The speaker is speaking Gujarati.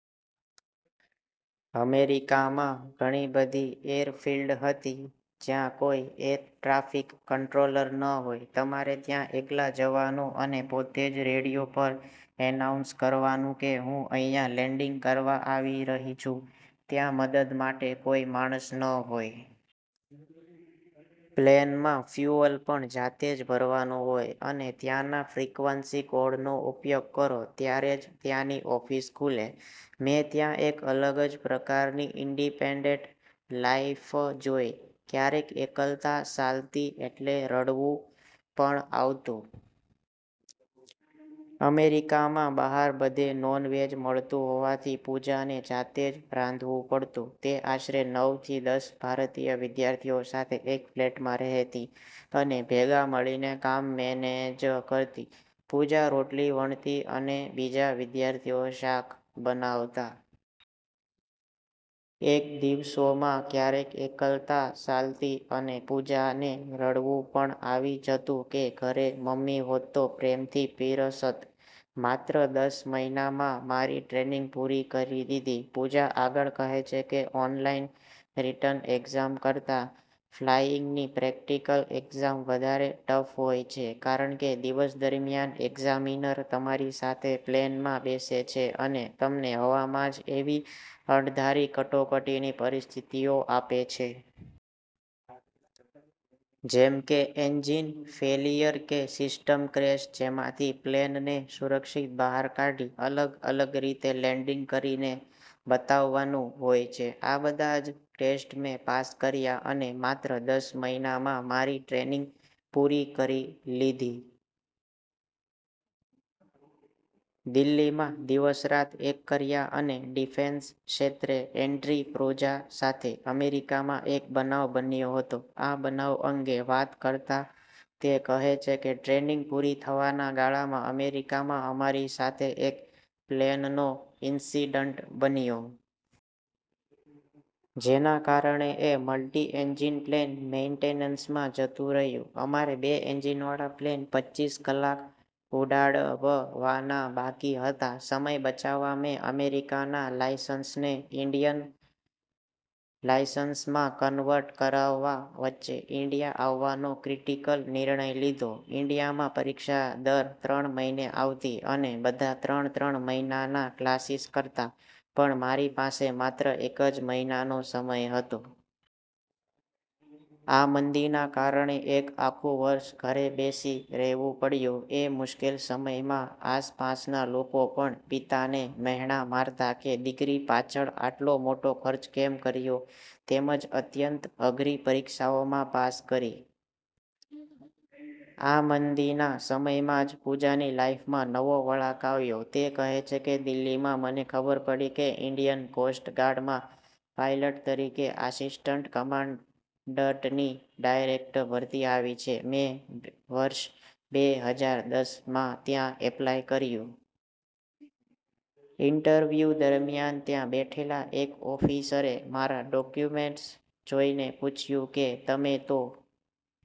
અમેરિકામાં ઘણી બધી એરફિલ્ડ હતી, જ્યાં કોઇ 'એર ટ્રાફિક કંટ્રોલર' ન હોય. તમારે ત્યાં એકલા જવાનું અને પોતે જ રેડિયો પર એનાઉન્સ કરવાનું કે "હું અહીંયા લેન્ડિંગ કરવા આવી રહી છું." ત્યાં મદદ માટે કોઈ માણસ ન હોય. પ્લેનમાં ફ્યૂઅલ પણ જાતે જ ભરવાનું હોય અને ત્યાંના ફ્રિક્વન્સી કોડનો ઉપયોગ કરો ત્યારે જ ત્યાંની ઓફિસ ખુલે. મેં ત્યાં એક અલગ જ પ્રકારની ઇન્ડિપેન્ડન્ટ લાઇફ જોઇ. ક્યારેક એકલતા સાલતી એટલે રડવું પણ આવતું. અમેરિકામાં બહાર બધે નોન-વેજ મળતું હોવાથી પૂજાને જાતે જ રાંધવું પડતું. તે આશરે નવ થી દસ ભારતીય વિદ્યાર્થીઓ સાથે એક ફ્લેટમાં રહેતી, અને ભેગા મળીને કામ મેનેજ કરતી. પૂજા રોટલી વણતી અને બીજા વિદ્યાર્થીઓ શાક બનાવતા. એ દિવસોમાં ક્યારેક એકલતા સાલતી અને પૂજાને રડવું પણ આવી જતું કે ઘરે " મમ્મી હોત તો પ્રેમથી પીરસત. "માત્ર દસ મહિનામાં મારી ટ્રેનિંગ પૂરી કરી લીધી." પૂજા આગળ કહે છે કે, "ઓનલાઇન રિટર્ન એક્ઝામ કરતાં ફ્લાઇંગની પ્રેક્ટિકલ એક્ઝામ વધારે ટફ હોય છે, કારણ કે દિવસ દરમિયાન એક્ઝામિનર તમારી સાથે પ્લેનમાં બેસે છે, અને તમને હવામાં જ એવી અણધારી કટોકટીની પરિસ્થિતિઓ આપે છે. જેમ કે 'એન્જિન ફેલિયર' કે 'સિસ્ટમ ક્રેશ', જેમાંથી પ્લેનને સુરક્ષિત બહાર કાઢી અલગ-અલગ રીતે લેન્ડિંગ કરીને બતાવવાનું હોય છે. આ બધા જ ટેસ્ટ મેં પાસ કર્યા અને માત્ર દસ મહિનામાં મારી ટ્રેનિંગ પૂરી કરી લીધી. દિલ્હીમાં દિવસ-રાત એક કર્યા અને ડિફેન્સ ક્ષેત્રે એન્ટ્રી પૂજા સાથે અમેરિકામાં એક બનાવ બન્યો હતો. આ બનાવ અંગે વાત કરતા તે કહે છે કે, ટ્રેનિંગ પૂરી થવાના ગાળામાં અમેરિકામાં અમારી સાથે એક પ્લેનનો ઇન્સિડન્ટ બન્યો. જેના કારણે એ મલ્ટી-એન્જિન પ્લેન મેઇન્ટેનન્સમાં જતું રહ્યું. અમારે બે એન્જિનવાળા પ્લેન પચ્ચીસ કલાક ઉડાડવવાના બાકી હતા. સમય બચાવવા મેં અમેરિકાના લાયસન્સને ઇન્ડિયન લાયસન્સમાં કન્વર્ટ કરાવવા વચ્ચે ઇન્ડિયા આવવાનો ક્રિટિકલ નિર્ણય લીધો. ઇન્ડિયામાં પરીક્ષા દર ત્રણ મહિને આવતી અને બધા ત્રણ-ત્રણ મહિનાના ક્લાસીસ કરતા, પણ મારી પાસે માત્ર એક જ મહિનાનો સમય હતો. આ મંદીના કારણે એક આખું વર્ષ ઘરે બેસી રહેવું પડ્યું. એ મુશ્કેલ સમયમાં આસપાસના લોકો પણ પિતાને મહેણાં મારતા કે "દીકરી પાછળ આટલો મોટો ખર્ચ કેમ કર્યો?" તેમજ અત્યંત અઘરી પરીક્ષાઓમાં પાસ કરી. આ મંદીના સમયમાં જ પૂજાની લાઇફમાં નવો વળાંક આવ્યો. તે કહે છે કે "દિલ્હીમાં મને ખબર પડી કે ઇન્ડિયન કોસ્ટ ગાર્ડમાં પાયલટ તરીકે આસિસ્ટન્ટ કમાન્ડન્ટની ડાયરેક્ટ ભરતી આવી છે. મેં વર્ષ બે હજાર દસ માં ત્યાં એપ્લાય કર્યું. ઇન્ટરવ્યૂ દરમિયાન ત્યાં બેઠેલા એક ઓફિસરે મારા ડોક્યુમેન્ટ્સ જોઇને પૂછ્યું કે, 'તમે તો